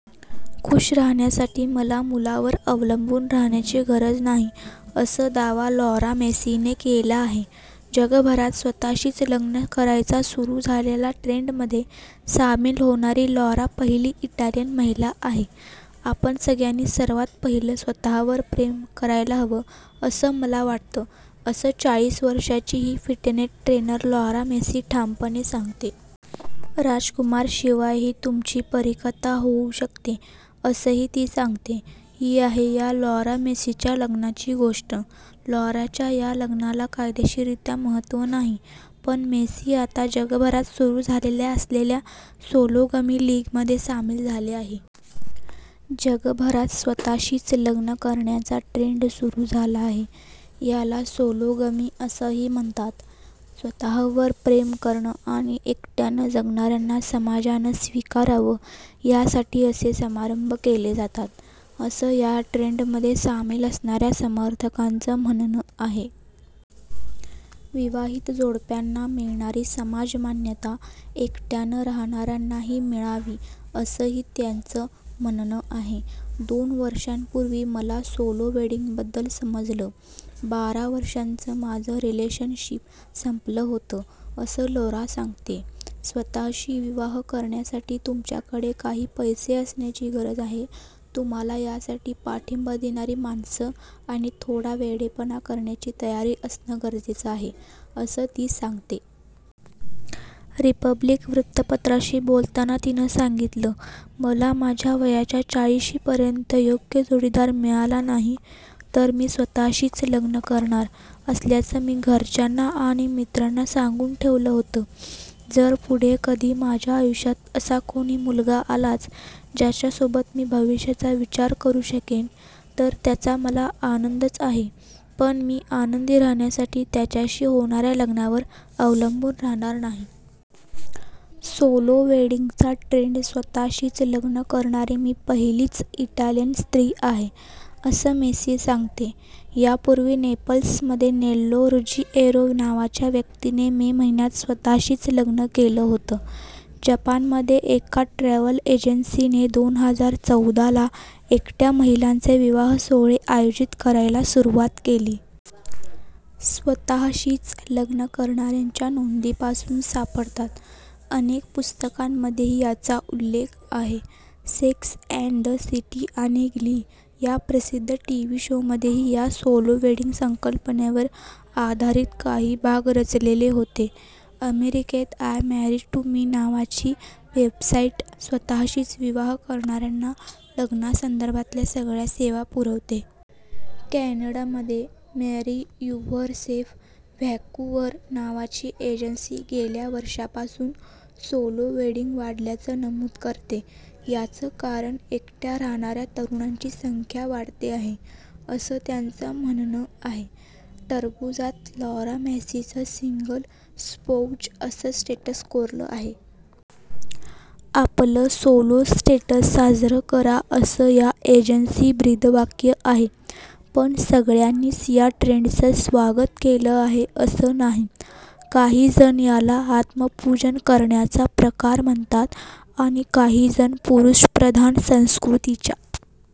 खूश राहण्यासाठी मला मुलावर अवलंबून राहण्याची गरज नाही, असं दावा लॉरा मेसीने केला आहे. जगभरात स्वत:शीच लग्न करायचा सुरू झालेला ट्रेंडमध्ये सामील होणारी लॉरा पहिली इटालीय महिला आहे. आपण सगळ्यांनी सर्वांत पहिलं स्वत:वर प्रेम करायला हवं, असं मला वाटतं, असं चाळीस वर्षांची ही फिटनेट ट्रेनर लॉरा मेसी ठामपणे सांगते. राजकुमारशिवायही तुमची परीकथा होऊ शकते, असंही ती सांगते. ही आहे या लॉरा मेसीच्या लग्नाची गोष्ट. लॉराच्या या लग्नाला कायदेशीररित्या महत्त्व नाही. पण मेसी आता जगभरात सुरू झालेल्या असलेल्या सोलोगमी लीगमध्ये सामील झाली आहे. जगभरात स्वत:शीच लग्न करण्याचा ट्रेंड सुरू झाला आहे. याला सोलोगमी असंही म्हणतात. स्वतःवर प्रेम करणं आणि एकट्यानं जगणाऱ्यांना समाजानं स्वीकारावं यासाठी असे समारंभ केले जातात, असं या ट्रेंडमध्ये सामील असणाऱ्या समर्थकांचं म्हणणं आहे. विवाहित जोडप्यांना मिळणारी समाजमान्यता एकट्यानं राहणाऱ्यांनाही मिळावी, असंही त्यांचं म्हणणं आहे. दोन वर्षांपूर्वी मला सोलो वेडिंगबद्दल समजलं. बारा वर्षांचं माझं रिलेशनशिप संपलं होतं, असं लॉरा सांगते. स्वत:शी विवाह करण्यासाठी, तुमच्याकडे काही पैसे असण्याची गरज आहे, तुम्हाला यासाठी पाठिंबा देणारी माणसं आणि थोडा वेडेपणा करण्याची तयारी असणं गरजेचं आहे, असं ती सांगते. रिपब्लिक वृत्तपत्राशी बोलताना तिनं सांगितलं, मला माझ्या वयाच्या चाळिशीपर्यंत योग्य जोडीदार मिळाला नाही तर मी स्वतःशीच लग्न करणार असल्याचं मी घरच्यांना आणि मित्रांना सांगून ठेवलं होतं. जर पुढे कधी माझ्या आयुष्यात असा कोणी मुलगा आलाच ज्याच्यासोबत मी भविष्याचा विचार करू शकेन, तर त्याचा मला आनंदच आहे, पण मी आनंदी राहण्यासाठी त्याच्याशी होणाऱ्या लग्नावर अवलंबून राहणार नाही. सोलो वेडिंगचा ट्रेंड स्वत:शीच लग्न करणारी मी पहिलीच इटालियन स्त्री आहे, असं मेसी सांगते. यापूर्वी नेपल्समध्ये नेल्लो रुजिएरो नावाच्या व्यक्तीने मे महिन्यात स्वत:शीच लग्न केलं होतं. जपानमध्ये, एका ट्रॅव्हल एजन्सीने दोन हजार चौदाला एकट्या महिलांचे विवाह सोहळे आयोजित करायला सुरुवात केली. स्वतःशीच लग्न करणाऱ्यांच्या नोंदी पासून सापडतात. अनेक पुस्तकांमध्येही याचा उल्लेख आहे. सेक्स अँड द सिटी आणि ग्ली या प्रसिद्ध टीव्ही शोमध्येही या सोलो वेडिंग संकल्पनेवर आधारित काही भाग रचलेले होते. अमेरिकेत, आय मॅरीड टू मी नावाची वेबसाईट स्वत:शीच विवाह करणाऱ्यांना लग्नासंदर्भातल्या सगळ्या सेवा पुरवते. कॅनडामध्ये मॅरी युव्हरसेफ व्हँकुव्हर नावाची एजन्सी गेल्या वर्षापासून सोलो वेडिंग वाढल्याचं नमूद करते. याचं कारण एकट्या राहणाऱ्या तरुणांची संख्या वाढते आहे, असं त्यांचं म्हणणं आहे. टरबूजात लॉरा मेसीचं सिंगल स्पॉउज असं स्टेटस कोरलं आहे. आपलं सोलो स्टेटस साजरं करा असं या एजन्सी ब्रीदवाक्य आहे. पण सगळ्यांनीच या ट्रेंडचं स्वागत केलं आहे, असं नाही. काही जणं याला आत्मपूजन करण्याचा प्रकार म्हणतात आणि काही जण पुरुषप्रधान संस्कृतीच्या